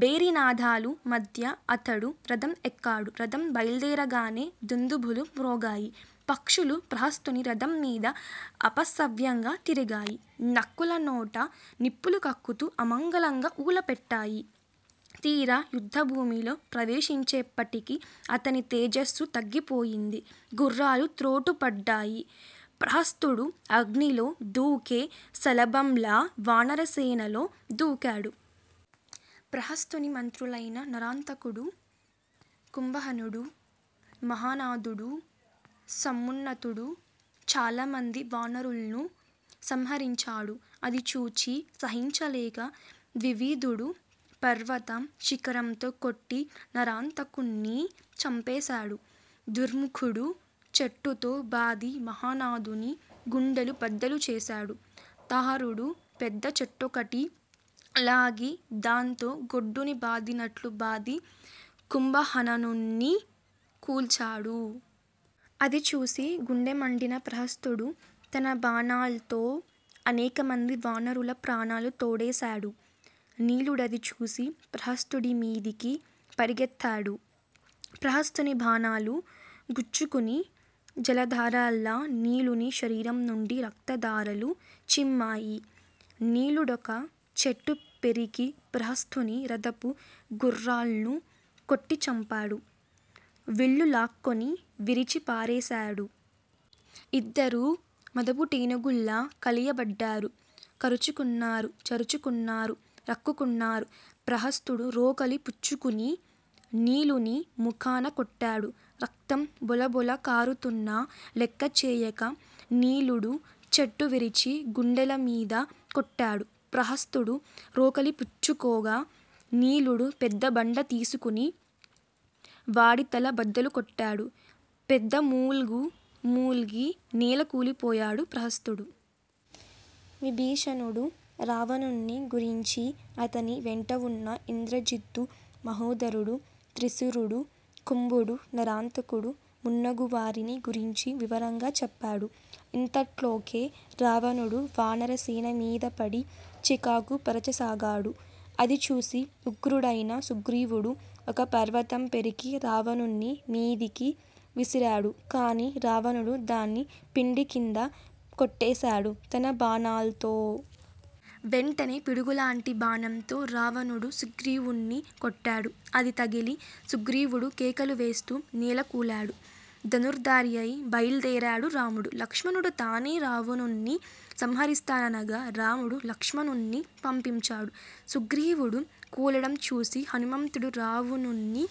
భేరినాదాలు మధ్య అతడు రథం ఎక్కాడు. రథం బైల్దేరగానే దుందుభులు మ్రోగాయి. పక్షులు ప్రహస్తుని రథంమీద అపసవ్యంగా తిరిగాయి. నక్కుల నోట నిప్పులు కక్కుతూ అమంగళంగా ఊళపెట్టాయి. తీరా యుద్దభూమిలో ప్రవేశించేప్పటికి అతని తేజస్సు తగ్గిపోయింది. గుర్రాలు తొట్రుపడ్డాయి. ప్రహస్తుడు అగ్నిలో దూకే శలభంలా వానరసేనలో దూకాడు. ప్రహస్తుని మంత్రులైన నరాంతకుడూ, కుంభహనుడూ, మహానాదుడూ, సమున్నతుడూ చాలమంది వానరుల్ను సంహరించాడు. అది చూచి సహించలేక ద్వివిదుడు పర్వత శిఖరంతో కొట్టి నరాంతకుణ్ణి చంపేశాడు. దుర్ముఖుడు చెట్టుతో బాది మహానాదుని గుండెలు బద్దలుచేశాడు. తారుడు పెద్ద చెట్టొకటి లాగి దాంతో గొడ్డును బాదినట్లు బాది కుంభహననుణ్ని కూల్చాడు. అది చూసి గుండెమండిన ప్రహస్తుడు తన బాణాల్తో అనేకమంది వానరుల ప్రాణాలు తోడేశాడు. నీలుడది చూసి ప్రహస్తుడిమీదికి పరిగెత్తాడు. ప్రహస్తుని బాణాలు గుచ్చుకుని జలధారల్లా నీలుని శరీరం నుండి రక్తధారలు చిమ్మాయి. నీలుడొక చెట్టు పెరికి ప్రహస్తుని రథపు గుర్రాల్ను కొట్టిచంపాడు. విల్లులాక్కొని విరిచి పారేశాడు. ఇద్దరూ మదపుటేనుగుల్లా కలియబడ్డారు. కరుచుకున్నారు. చరుచుకున్నారు. రక్కుకున్నారు. ప్రహస్తుడు రోకలి పుచ్చుకుని నీలుని ముఖానకొట్టాడు. రక్తం బొళబొళ కారుతున్నా లెక్కచేయక నీలుడు చెట్టు విరిచి గుండెలమీద కొట్టాడు. ప్రహస్తుడు రోకలిపుచ్చుకోగా నీలుడు పెద్ద బండ తీసుకుని వాడి తల బద్దలు కొట్టాడు. పెద్ద మూల్గు మూల్గి నేలకూలిపోయాడు ప్రహస్తుడు. విభీషణుడు రావణుణ్ని గురించీ అతని వెంటవున్న ఇంద్రజిత్తు మహోధరుడు, త్రిశిరుడు, కుంభుడు, నరాంతకుడు మున్నగువారిని గురించి వివరంగా చెప్పాడు. ఇంతట్లోకే రావణుడు వానర సేనమీదపడి చీకాకు పరచసాగాడు. అదిచూసి ఉగ్రుడైన సుగ్రీవుడు ఒక పర్వతం పెరికి రావణుని మీదికి విసిరాడు. కాని రావణుడు దాన్ని పిండికింద కొట్టేశాడు తన బాణాల్తో. వెంటనే పిడుగులాంటి బాణంతో రావణుడు సుగ్రీవుణ్ని కొట్టాడు. అది తగిలి సుగ్రీవుడు కేకలువేస్తూ నేలకూలాడు. ధనుర్దారియై బైల్దేరాడు రాముడు. లక్ష్మణుడు తానే రావణుని సంహరిస్తాననగా రాముడు లక్ష్మణుణ్ణి పంపించాడు. సుగ్రీవుడు కూలడం చూసి హనుమంతుడు రావణుని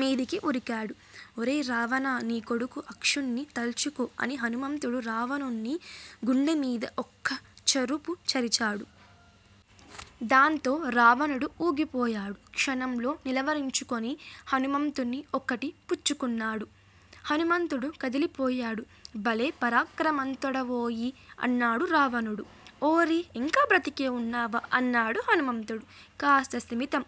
మీదికి వురికాడు. ఒరే రావణా నీ కొడుకు అక్షుణ్ని తల్చుకో అని హనుమంతుడు రావణుని గుండెమీద ఒక్క చరుపు చరిచాడు. దాంతో రావణుడు ఊగిపోయాడు. క్షణంలో నిలవరించుకొని హనుమంతుణ్ణి ఒక్కటి పుచ్చుకున్నాడు. హనుమంతుడు కదిలిపోయాడు. భలే పరాక్రమంతుడవోయి అన్నాడు రావణుడు. ఓరీ! ఇంకా బ్రతికే వున్నావా? అన్నాడు హనుమంతుడు. కాస్త స్థిమితం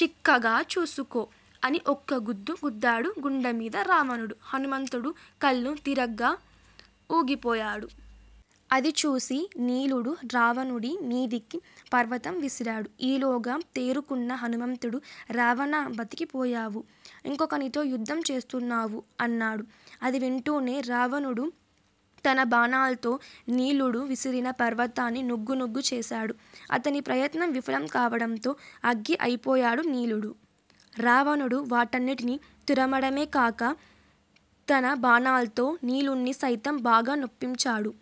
చిక్కగా చూసుకో అని ఒక్క గుద్దు గుద్దాడు గుండెమీద రావణుడు. హనుమంతుడు కళ్ళు తిరగ్గా ఊగిపోయాడు. అదిచూసి నీలుడు రావణుడి మీదికి పర్వతం విసిరాడు. ఈలోగా తేరుకున్న హనుమంతుడు రావణా! బతికిపోయావు. ఇంకొకనితో యుద్దం చేస్తున్నావు. అన్నాడు. అది వింటూనే రావణుడు తన బాణాల్తో నీలుడు విసిరిన పర్వతాన్ని నుగ్గునుగ్గు చేశాడు. అతని ప్రయత్నం విఫలం కావడంతో అగ్గి అయిపోయాడు నీలుడు. రావణుడు వాటన్నింటినీ తురమడమే కాక తన బాణాల్తో నీలుణ్ని సైతం బాగా నొప్పించాడు.